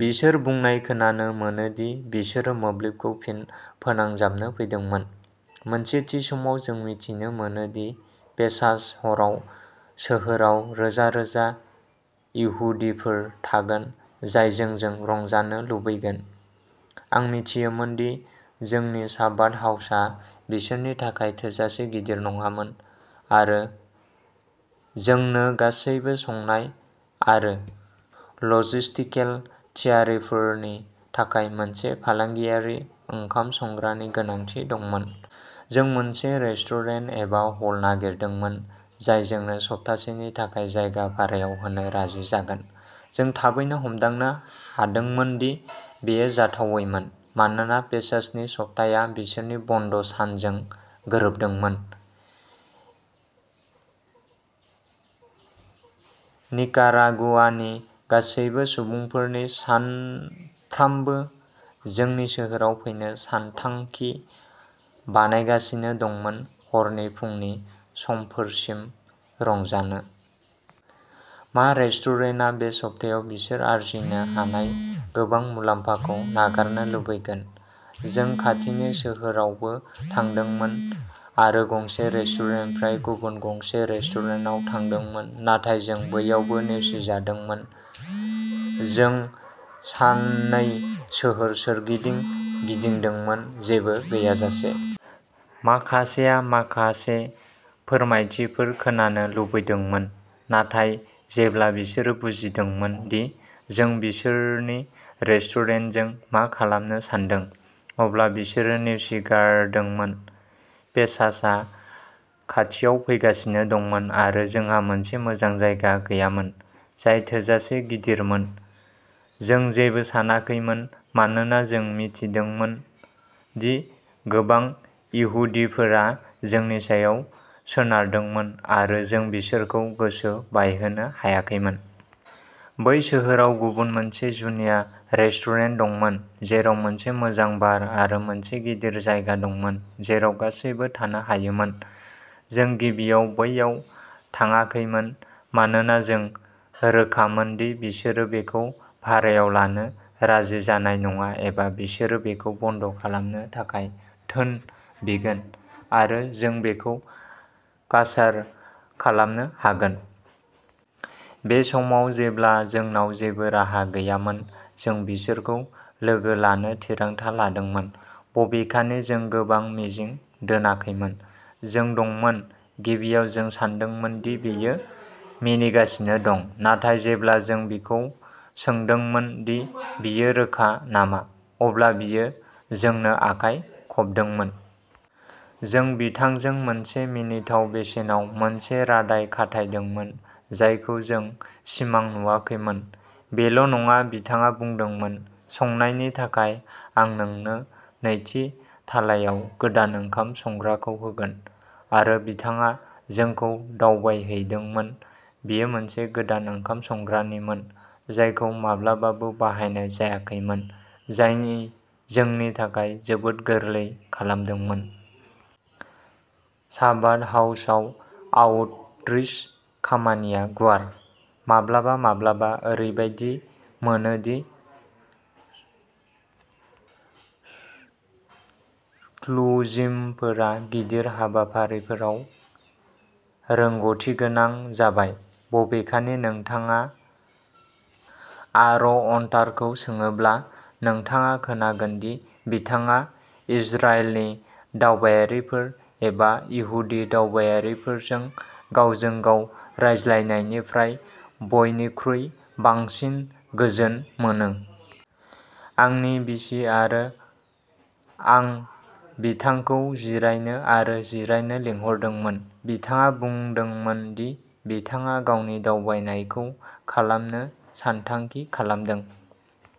बिसोर बुंनाय खोनानो मोनो दि बिसोरो मोब्लिबखौ फिन फोनांजाबनो फैदोंमोन। "मोनसे थि समाव जों मिथिनो मोनो दि पेसाच हराव सोहोराव रोजा रोजा इहुदिफोर थागोन जाय जोंजों रंजानो लुबैगोन। आं मिथियोमोन दि जोंनि चाबाद हाउसआ बिसोरनि थाखाय थोजासे गिदिर नङामोन आरो जोंनो गासैबो संनाय आरो लजिस्टिकेल थियारिफोरनि थाखाय मोनसे फालांगियारि ओंखाम संग्रानि गोनांथि दंमोन। जों मोनसे रेस्टुरेन्ट एबा हल नागिरदोंमोन जाय जोंनो सप्तासेनि थाखाय जायगा भारायाव होनो राजि जागोन।" जों थाबैनो हमदांनो हादोंमोन दि बेयो जाथावैमोन मानोना पेसाचनि सप्ताया बिसोरनि बन्द'सानजों गोरोबदोंमोन। निकारागुआनि गासैबो सुबुंफोरनि सानफ्रामबो जोंनि सोहोराव फैनो सानथांखि बानायगासिनो दंमोन हरनि फुंनि समफोरसिम रंजानो। मा रेस्टुरेन्टआ बे सप्तायाव बिसोर आर्जिनो हानाय गोबां मुलाम्फाखौ नागारनो लुबैगोन? जों खाथिनि सोहोरावबो थांदोंमोन आरो गंसे रेस्टुरेन्टनिफ्राय गुबुन गंसे रेस्टुरेन्टाव थांदोंमोन, नाथाय जों बैयावबो नेवसिजादोंमोन। "जों साननै सोहोर सोरगिदिं गिदिंदोंमोन, जेबो गैयाजासे। माखासेया माखासे फोरमायथिफोर खोनानो लुबैदोंमोन, नाथाय जेब्ला बिसोरो बुजिदोंमोन दि जों बिसोरनि रेस्टुरेन्टजों मा खालामनो सानदों, अब्ला बिसोरो नेवसिगारदोंमोन। पेसाचआ खाथियाव फैगासिनो दंमोन आरो जोंहा मोनसे मोजां जायगा गैयामोन जाय थोजासे गिदिरमोन। जों जेबो सानाखैमोन, मानोना जों मिथिदोंमोन दि गोबां इहुदिफोरा जोंनि सायाव सोनारदोंमोन आरो जों बिसोरखौ गोसो बायहोनो हायाखैमोन।" बै सोहोराव गुबुन मोनसे जुनिया रेस्टुरेन्ट दंमोन जेराव मोनसे मोजां बार आरो मोनसे गिदिर जायगा दंमोन जेराव गासैबो थानो हायोमोन। जों गिबियाव बैयाव थाङाखैमोन, मानोना जों रोखामोन दि बिसोरो बेखौ भारायाव लानो राजि जानाय नङा एबा बिसोरो बेखौ बन्द खालामनो थाखाय धोन बिगोन आरो जों बेखौ कासार खालामनो हागोन। बे समाव, जेब्ला जोंनाव जेबो राहा गैयामोन, जों बिसोरखौ लोगो लानो थिरांथा लादोंमोन, बबेखानि जों गोबां मिजिं दोनाखैमोन। "जों दंमोन। गिबियाव जों सानदोंमोन दि बियो मिनिगासिनो दं, नाथाय जेब्ला जों बिखौ सोंदोंमोन दि बियो रोखा नामा, अब्ला बियो जोंनो आखाइ खबदोंमोन। जों बिथांजों मोनसे मिनिथाव बेसेनाव मोनसे रादाय खाथायदोंमोन, जायखौ जों सिमां नुवाखैमोन। बेल'नङा, बिथाङा बुंदोंमोन,'संनायनि थाखाय, आं नोंनो नैथि थालायाव गोदान ओंखाम संग्राखौ होगोन,'आरो बिथाङा जोंखौ दावबायहैदोंमोन। बेयो मोनसे गोदान ओंखाम संग्रानिमोन जायखौ माब्लाबाबो बाहायनाय जायाखैमोन, जायनि जोंनि थाखाय जोबोद गोरलै खालामदोंमोन। चाबाद हाउसआव आउटरीच खामानिया गुवार। माब्लाबा माब्लाबा ओरैबायदि मोनो दि श्लुचिमफोरा गिदिर हाबाफारिफोराव रोंग'थिगोनां जाबाय। बबेखानि, नोंथाङा आर'अत्तारखौ सोङोब्ला, नोंथाङा खोनांगोन दि बिथाङा इजराइलनि दावबायारिफोर एबा इहुदि दावबायारिफोरजों गावजों गाव रायज्लायनायनिफ्राय बयनिख्रुइ बांसिन गोजोन मोनो। "आंनि बिसि आरो आं बिथांखौ जिरायनो आरो जिरायनो लिंहरदोंमोन। बिथाङा बुंदोंमोन दि बिथाङा गावनि दावबायनायखौ खालामनो सानथांखि खालामदों।